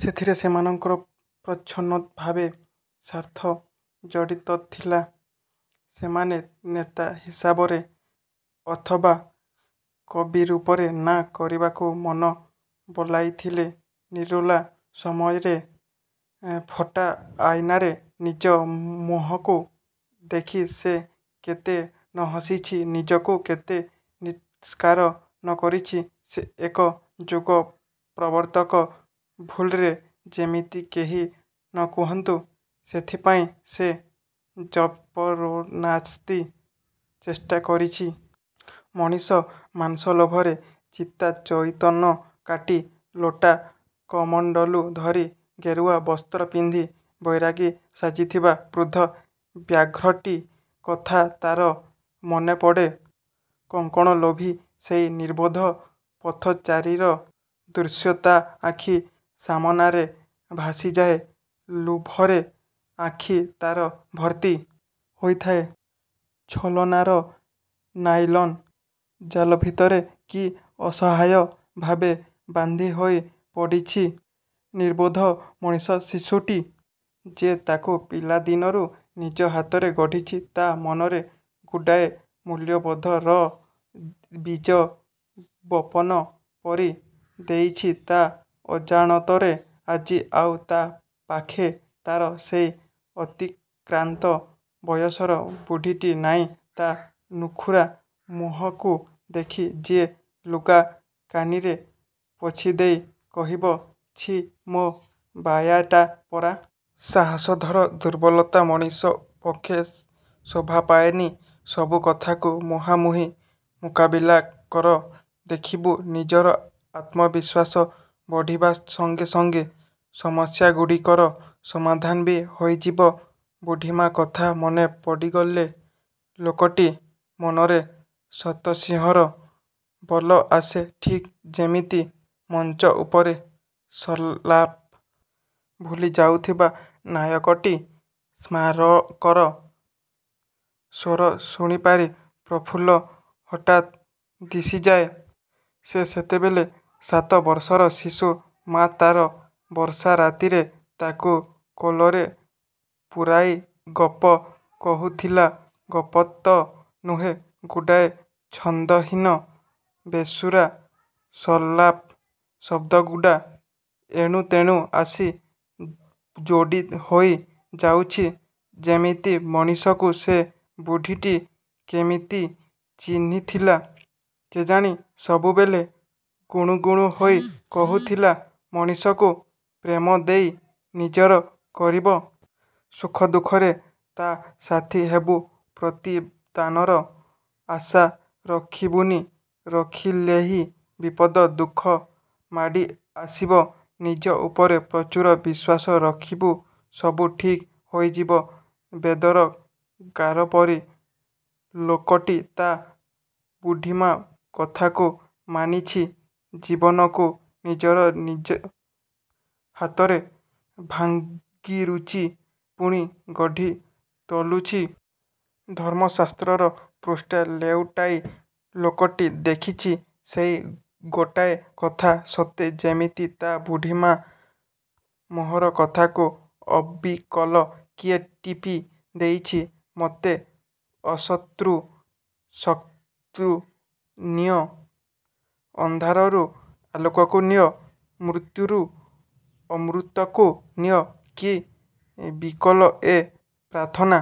ସେଥିରେ ସେମାନଙ୍କର ପ୍ରଚ୍ଛନ୍ନଭାବେ ସ୍ୱାର୍ଥ ଜଡ଼ିତଥିଲା। ସେମାନେ ନେତା ହିସାବରେ ଅଥବା କବିରୂପରେ ନାଁ କରିବାକୁ ମନ ବଲାଇଥିଲେ। ନିରୋଲା ସମୟରେ ଫଟା ଆଇନାରେ ନିଜ ମୁହଁକୁ ଦେଖି ସେ କେତେ ନହସିଛି। ନିଜକୁ କେତେ ଧିକ୍କାର ନକରିଛି। ସେ ଏକ ଯୁଗ-ପ୍ରବର୍ତ୍ତକ! ଭୁଲରେ ଯେମିତି କେହି ନକୁହନ୍ତୁ—ସେଥିପାଇଁ ସେ ଯପରନାସ୍ତି ଚେଷ୍ଟା କରିଛି। ମଣିଷ ମାଂସ ଲୋଭରେ ଚିତାଚଇତନ। କାଟି ଲୋଟା କମଣ୍ତଲୁ ଧରି ଗେରୁଆ ବସ୍ତ୍ର ପିନ୍ଧି, ବୈରାଗୀ ସାଜିଥିବା ବୃଦ୍ଧ ବ୍ୟାଘ୍ରଟି କଥା ତା'ର ମନେପଡ଼େ। କଙ୍କଣଲୋଭୀ ସେଇ ନିର୍ବୋଧ ପଥଚାରୀର ଦୃଶ୍ୟ ତା' ଆଖି ସାମନାରେ ଭାସିଯାଏ। ଲୁଭରେ ଆଖି ତା'ର ଭର୍ତ୍ତି ହୋଇଥାଏ। ଛଳନାର ନାଇଲନ୍ ଜାଲ ଭିତରେ କି ଅସହାୟ ଭାବେ ବାନ୍ଧି ହୋଇ ପଡ଼ିଛି ନିର୍ବୋଧ ମଣିଷ ଶିଶୁଟି। ଯେ ତାକୁ ପିଲା ଦିନରୁ ନିଜ ହାତରେ ଗଢ଼ିଛି। ତା' ମନରେ ଗୁଡ଼ାଏ 'ମୂଲ୍ୟବୋଧ'ର ବୀଜ ବପନ କରି ଦେଇଛି ତା' ଅଜାଣତରେ। ଆଜି ଆଉ ତା' ପାଖେ ତା'ର ସେଇ ଅତିକ୍ରାନ୍ତ ବୟସର ବୁଢ଼ୀଟି ନାଇଁ। ତା' ନୁଖୁରା ମୁହଁକୁ ଦେଖି ଯିଏ ଲୁଗା କାନିରେ ପୋଛିଦେଇ କହିବ, ''ଛି ମୋ ବାୟାଟା ପରା! ସାହସ ଧର। ଦୁର୍ବଲତା ମଣିଷ ପକ୍ଷେ ଶୋଭା ପାଏନି। ସବୁ କଥାକୁ ମୁହାଁମୁହିଁ ମୁକାବିଲା କର ଦେଖିବୁ, ନିଜର ଆତ୍ମବିଶ୍ୱାସ ବଢ଼ିବା ସଙ୍ଗେ ସଙ୍ଗେ ସମସ୍ୟାଗୁଡ଼ିକର ସମାଧାନ ବି ହୋଇଯିବ। '' ବୁଢ଼ୀମା କଥା ମନେ ପଡ଼ିଗଲେ ଲୋକଟି ମନରେ ଶତସିଂହର ବଲ ଆସେ। ଠିକ୍ ଯେମିତି ମଞ୍ଚ ଉପରେ ସଂଲାପ ଭୁଲିଯାଉଥିବା ନାୟକଟି ସ୍ମାରକର ସ୍ୱର ଶୁଣିପାରି ପ୍ରଫୁଲ୍ଲ ହଠାତ୍ ଦିଶିଯାଏ। ସେ ସେତେବେଲେ ସାତ ବର୍ଷର ଶିଶୁ, ମା ତା'ର ବର୍ଷା ରାତିରେ ତାକୁ କୋଲରେ ପୂରାଇ ଗପ କହୁଥିଲା। ଗପତ ନୁହେଁ ଗୁଡ଼ାଏ ଛନ୍ଦହୀନ ବେସୁରା ସଂଲାପ। ଶବ୍ଦଗୁଡ଼ା ଏଣୁତେଣୁ ଆସି ଯୋଡ଼ିହୋଇ ଯାଇଛି ଯେମିତି। ମଣିଷକୁ ସେ ବୁଢ଼ୀଟି କେମିତି ଚିହ୍ନିଥିଲା କେଜାଣି ସବୁବେଳେ ଗୁଣୁଗୁଣୁ ହୋଇ କହୁଥିଲା, ମଣିଷକୁ ପ୍ରେମ ଦେଇ ନିଜର କରିବୁ। ସୁଖ ଦୁଃଖରେ ତା' ସାଥୀ ହେବୁ ପ୍ରତିଦାନର ଆଶା ରଖିବୁନି। ରଖିଲେହିଁ ବିପଦ। ଦୁଃଖ ମାଡ଼ି ଆସିବ। ନିଜ ଉପରେ ପ୍ରଚୁର ବିଶ୍ୱାସ ରଖିବୁ। ସବୁ ଠିକ୍ ହୋଇଯିବ। ବେଦର ଗାରପରି ଲୋକଟି ତା' ବୁଢ଼ୀମା କଥାକୁ ମାନିଛି। ଜୀବନକୁ ନିଜର ନିଜ ହାତରେ ଭାଙ୍ଗିରୁଜି ପୁଣି ଗଢ଼ି ତୋଲୁଛି। ଧର୍ମଶାସ୍ତ୍ରର ପୃଷ୍ଠା ଲେଉଟାଇ ଲୋକଟି ଦେଖିଛି। ସେଇ ଗୋଟାଏ କଥା। ସତେ ଯେମିତି ତା' ବୁଢ଼ୀମା ମୁହଁର କଥାକୁ ଅବିକଲ କିଏ ଟିପି ଦେଇଛି। ''ମତେ ଅସତ୍ରୁ ସତ୍ରୁ ନିଅ। ଅନ୍ଧାରରୁ ଆଲୋକକୁ ନିଅ। ମୃତ୍ୟୁରୁ ଅମୃତକୁ ନିଅ। '' କି ବିକଲ ଏ ପ୍ରାର୍ଥନା!